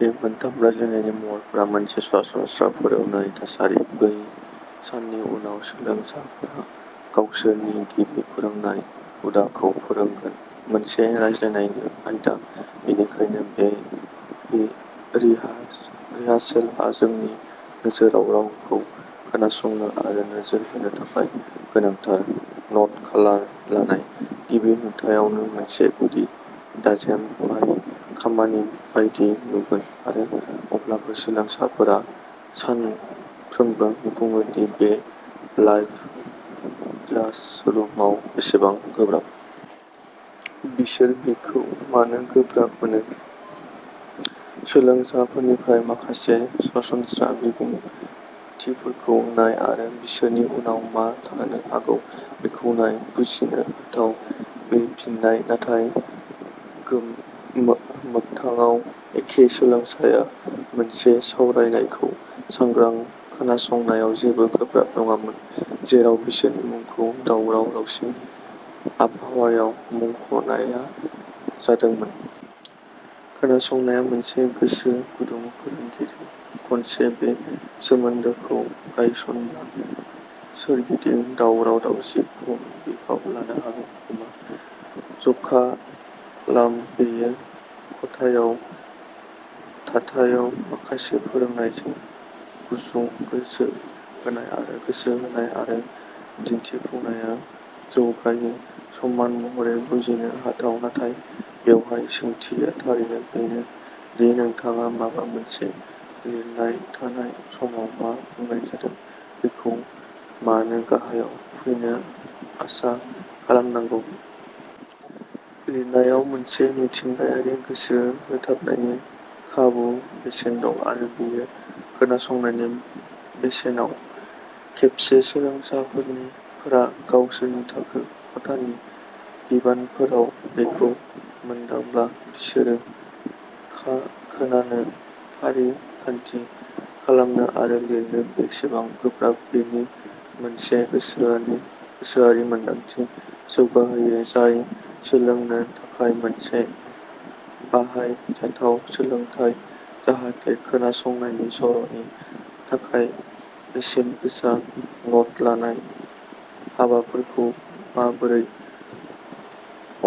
बे मोनथाम रायज्लायनायनि महरफोरा मोनसे सरासनस्रा फोरोंनाय थासारि। बै साननि उनाव, सोलोंसाफोरा गावसोरनि गिबि फोरोंनाय हुदाखौ फोरोंगोन मोनसे रायज्लायनायनि आयदा बेनिखायनो बे रिहारसेलआ जोंनि नोजोराव रावखौ खोनासंनो आरो नोजोर होनो थाखाय गोनांथार। न'ट लानाय, गिबि नुथायावनो, मोनसे गुदि, दाजेमारि खामानि बायदि नुगोन आरो अब्लाबो, सोलोंसाफोरा सानफ्रोमबो बुङो दि बे लाइभ क्लासरुमाव बेसेबां गोब्राब। बिसोर बेखौ मानो गोब्राब मोनो? सोलोंसाफोरनिफ्राय माखासे सरासनस्रा बिबुंथिफोरखौ नाय आरो बिसोरनि उनाव मा थानो हागौ बेखौ नाय। बुजिनो हाथाव, बे फिननाय, नाथाय मोगथाङाव एखे सोलोंसाया मोनसे सावरायनायखौ सांग्रां खोनासंनायाव जेबो गोब्राब नङामोन जेराव बिसोरनि मुंखौ दावराव दावसि आबहावायाव मुंख'नाया जादोंमोन। खोनासंनाया मोनसे गोसो गुदुं फोरोंगिरि खनसे बे सोमोन्दोखौ गायसन, सोरगिदिं दावराव दावसि खम बिफाव लानो हमो। ज'खालाम! बेयो खथायाव थाथायाव माखासे फोरोंनायजों, गुसुं गोसो होनाय आरो गोसो होनाय, आरो दिन्थिफुंनाया जौगायो। समान महरै बुजिनो हाथाव, नाथाय बेवहाय सोंथिया थारैनो बेनो दि नोंथाङा माबा मोनसे लिरनाय थानाय समाव मा बुंनाय जादों बेखौ मानो गाहायाव फैनो आसा खालामनांगौ? लिरनायाव मोनसे मिथिंगायारि गोसो होथाबनायनि खाबु बेसेन दं, आरो बेयो खोनासंनायनि बेसेनाव। खेबसे सोलोंसाफोरनि फोरा गावसोरनि थाखो खथानि बिबानफोराव बेखौ मोनदांब्ला, बिसोरो खा खोनानो, फारिखान्थि खालामनो आरो लिरनो बेसेबां गोब्राब बेनि मोनसे गोसोआरि गोसोआरि मोनदांथि जौगाहोयो जाय सोलोंनो थाखाय मोनसे बाहायजाथाव सोलोंथाय, जाहाथे खोनासंनायनि सर'नि थाखाय बेसेन गोसा न'ट लानाय हाबाफोरखौ माबोरै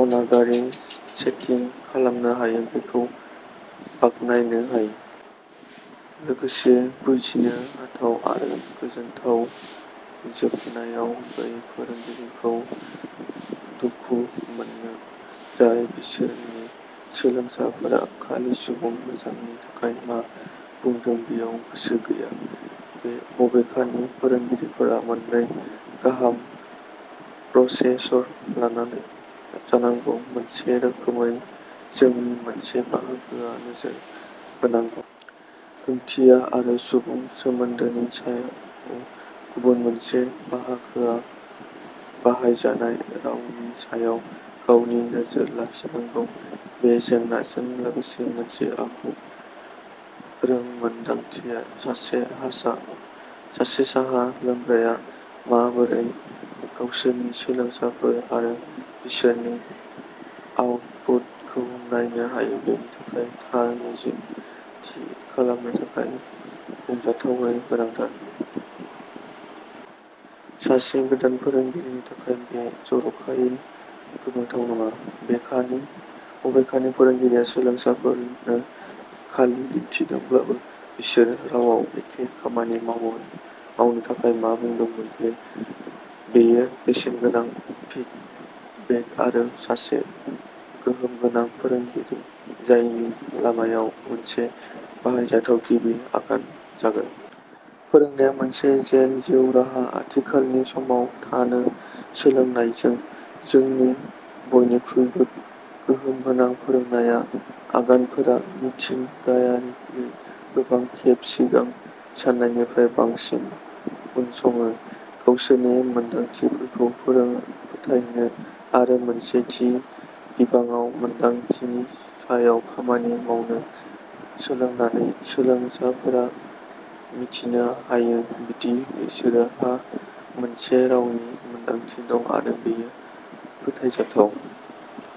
अनागारि सेटिं खालामनो हायो बेखौ बाखनायनो हायो। लोगोसे बुजिनो हाथाव, आरो गोजोनथाव जोबनायाव, बै फोरोंगिरिखौ दुखु मोनो जाय बिसोरनि सोलोंसाफोरा खालि सुबुं मोजांनि थाखाय मा बुंदों बेयाव गोसो गैया। बे बबेखानि, फोरोंगिरिफोरा मोन्नै गाहाम प्रसेसर लानानै जानांगौ, मोनसे रोखोमै जोंनि मोनसे बाहागोआ नोजोर होनांगौ। ओंथिया आरो सुबुं सोमोनदोनि सायाव गुबुन मोनसे बाहागोआ बाहायजानाय रावनि सायाव गावनि नोजोर लाखिनांगौ। बे जेंनाजों लोगोसे मोनसे आगु रोंमोनदांथिया सासे हारसा सासे साहा लोंग्राया माबोरै गावसोरनि सोलोंसाफोर आरो बिसोरनि आउटपुटखौ नायनो हायो बेनि थाखाय थार मिजिं थि खालामनो थाखाय बुंजाथावै गोनांथार। सासे गोदान फोरोंगिरिनि थाखाय, बे जर'खायै गोमोथाव नङा। बेखानि अबेखानि, फोरोंगिरिया सोलोंसाफोरनो खालि दिन्थिदोंब्लाबो बिसोरो रावआव एखे खामानि मावो मावनो थाखाय मा बुंदोंमोन, बे बेयो बेसेनगोनां फिडबेक आरो सासे गोहोमगोनां फोरोंगिरि जायनि लामायाव मोनसे बाहायजाथाव गिबि आगान जागोन। फोरोंनाया मोनसे जेन जिउ राहा आथिखालनि समाव थानो सोलोंनायजों, जोंनि बयनिख्रुइबो गोहोमगोनां फोरोंनाया आगानफोरा मिथिंगायारियै गोबां खेब सिगां सान्नायनिफ्राय बांसिन उनसङो। गावसोरनि मोनदांथिफोरखौ फोरोङो फोथायनो आरो मोनसे थि बिबाङाव मोनदांथिनि सायाव खामानि मावनो सोलोंनानै, सोलोंसाफोरा मिथिनो हायो दि बिसोरोहा मोनसे रावनि मोनदांथि दं आरो बेयो फोथायजाथाव।